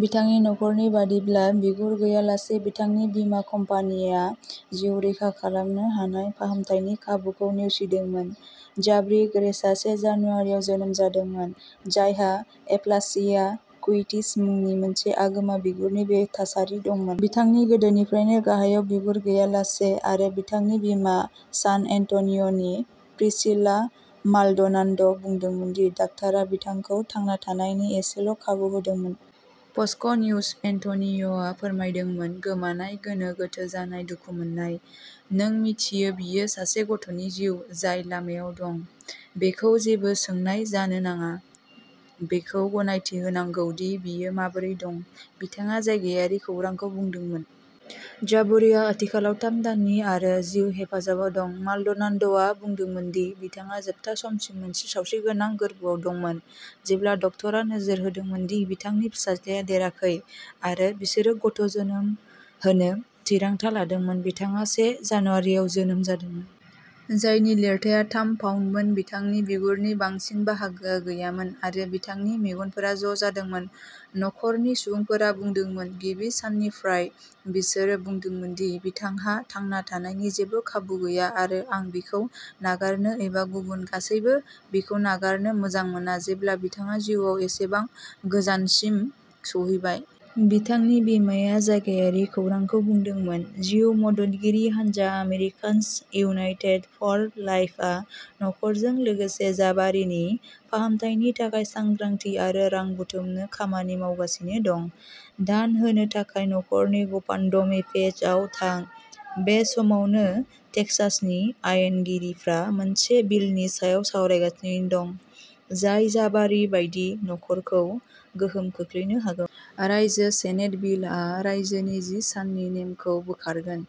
बिथांनि नखरनि बादिब्ला बिगुर गैयालासे बिथांनि बीमा कम्पानिया जिउ रैखा खालामनो हानाय फाहामथायनि खाबुखौ नेवसिदोंमोन। जाबरी गेरेजआ से जानुवारियाव जोनोम जादोंमोन। जायहा एप्लासिया क्युटिस मुंनि मोनसे आगोमा बिगुरनि बे थासारि दंमोन। बिथांनि गोदोनिफ्रायनो गाहायाव बिगुर गैयालासे आरो बिथांनि बिमा सान एन्ट'निय'नि प्रिसिला माल्ड'नान्द'आ बुंदोंमोन दि डाक्ट'रा बिथांखौ थांना थानायनि एसेल' खाबु होदोंमोन। फसक' निउज एन्ट'निय'आ फोरमायदोंमोन। गोमानाय गोनो गोथो जानाय, दुखु मोननाय, नों मिथियो बेयो सासे गथ'नि जिउ जाय लामायाव दं। बेखौ जेबो सोंनाय जानो नाङा। बेखौ गनायथि होनांगौ दि बेयो माबोरै दं। बिथाङा जायगायारि खौरांखौ बुंदोंमोन। जाबरीआ आथिखालाव थाम दाननि आरो जिउ हेफाजाबाव दं। माल्ड'नान्द'आ बुंदोंमोन दि बिथाङा जोबथा समसिम मोनसे सावस्रिगोनां गोर्बोआव दंमोन। जेब्ला डक्ट'रा नोजोर होदोंमोन दि बिथांनि फिसाज्लाया देराखै आरो बिसोरो गथ' जोनोम होनो थिरांथा लादोंमोन। बिथाङा से जानुवारियाव जोनोम जादोंमोन। जायनि लिरथाया थाम पाउन्दमोन। बिथांनि बिगुरनि बांसिन बाहागोआ गैयामोन आरो बिथांनि मेगनफोरा ज' जादोंमोन। नखरनि सुबुंफोरा बुंदोंमोन। गिबि साननिफ्राय बिसोरो बुंदोंमोन दि बिथांहा थांना थानायनि जेबो खाबु गैया आरो आं बिखौ नागारनो एबा गुबुन गासैबो बिखौ नागारनो मोजां मोना जेब्ला बिथाङा जिउआव एसेबां गोजानसिम सौहैबाय। बिथांनि बिमाया जायगायारि खौरांखौ बुंदोंमोन। जिउ मददगिरि हानजा आमेरिकान्स इउनाइटेड फर लाइफआ नखरजों लोगोसे जाबारिनि फाहामथायनि थाखाय सांग्रांथि आरो रां बुथुमनो खामानि मावगासिनो दं। दान होनो थाखाय नखरनि ग'फान्ड'मी पेजआव थां। बे समावनो टेक्सासनि आयेनगिरिफ्रा मोनसे बिलनि सायाव सावरायगासिनो दं जाय जाबारि बायदि नखरखौ गोहोम खोख्लैनो हागौ। रायजो सेनेट बिल आ रायजोनि जि साननि नेमखौ बोखारगोन।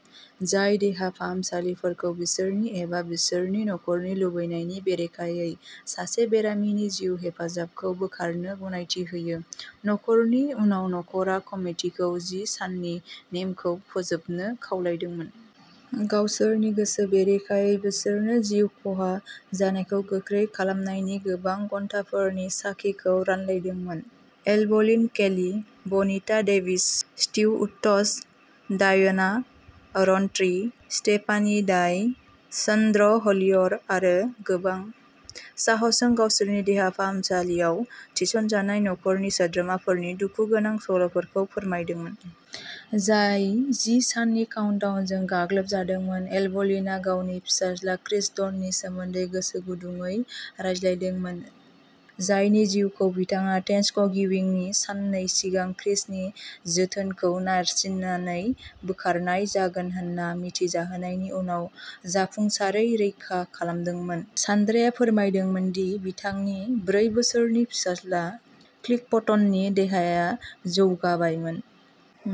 जाय देहा फाहामसालिफोरखौ बिसोरनि एबा बिसोरनि नखरनि लुबैनायनि बेरेखायै सासे बेरामिनि जिउ हेफाजाबखौ बोखारनो गनायथि होयो। नखरनि उनाव न'खरआ कमितिखौ जि साननि नेमखौ फोजोबनो खावलायदोंमोन। गावसोरनि गोसो बेरेखायै बिसोरनि जिउ खहा जानायखौ गोख्रै खालामनायनि गोबां घन्टाफोरनि साखिखौ रानलायदोंमोन। Evelyn Kelly, Bonita Davis, Steve Arts, Diana Rountree, Stephanie Dye, Sandra हलियर आरो गोबां। साहसजों गावसोरनि देहा फाहामसालियाव थिसनजानाय नखरनि सोद्रोमाफोरनि दुखुगोनां सल'फोरखौ फोरमायदोंमोन। जाय जि साननि काउन्टडाउनजों गाग्लोबजादोंमोन। एलभलिनआ गावनि फिसाज्ला क्रिस डननि सोमोन्दै गोसो गुदुंयै रायज्लायदोंमोन। जायनि जिउखौ बिथाङा थेंक्सक'गिविंनि साननै सिगां क्रिसनि जोथोनखौ नारसिननानै बोखारनाय जागोन होनना मिथिजाहोनायनि उनाव जाफुंसारै रैखा खालामदोंमोन। सान्ड्राया फोरमायदोंमोन दि बिथांनि ब्रै बोसोरनि फिसाज्ला क्लिफटननि देहाया जौगाबायमोन।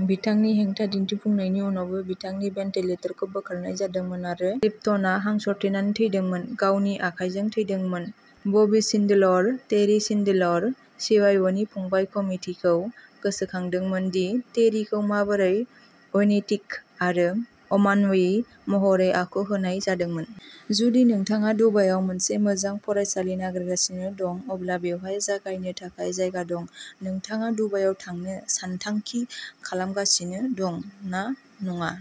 बिथांनि हेंथा दिन्थिफुंनायनि उनावबो बिथांनि भेन्टिलेटरखौ बोखारनाय जादोंमोन आरो क्लिफटनआ हां सरथेनानै थैदोंमोन। गावनि आखाइजों थैदोंमोन। बबी शिन्डलर, टेरी शिन्डलर शिआयअ'नि फंबाय कमितिखौ गोसोखांदोंमोन दि टेरीखौ माबोरै अनैतिक आरो अमानवीय महरै आखु होनाय जादोंमोन। जुदि नोंथाङा दुबाइआव मोनसे मोजां फरायसालि नागिरगासिनो दं अब्ला बेवहाय जागायनो थाखाय जायगा दं। नोंथाङा दुबाइआव थांनो सानथांखि खालामगासिनो दं ना नङा।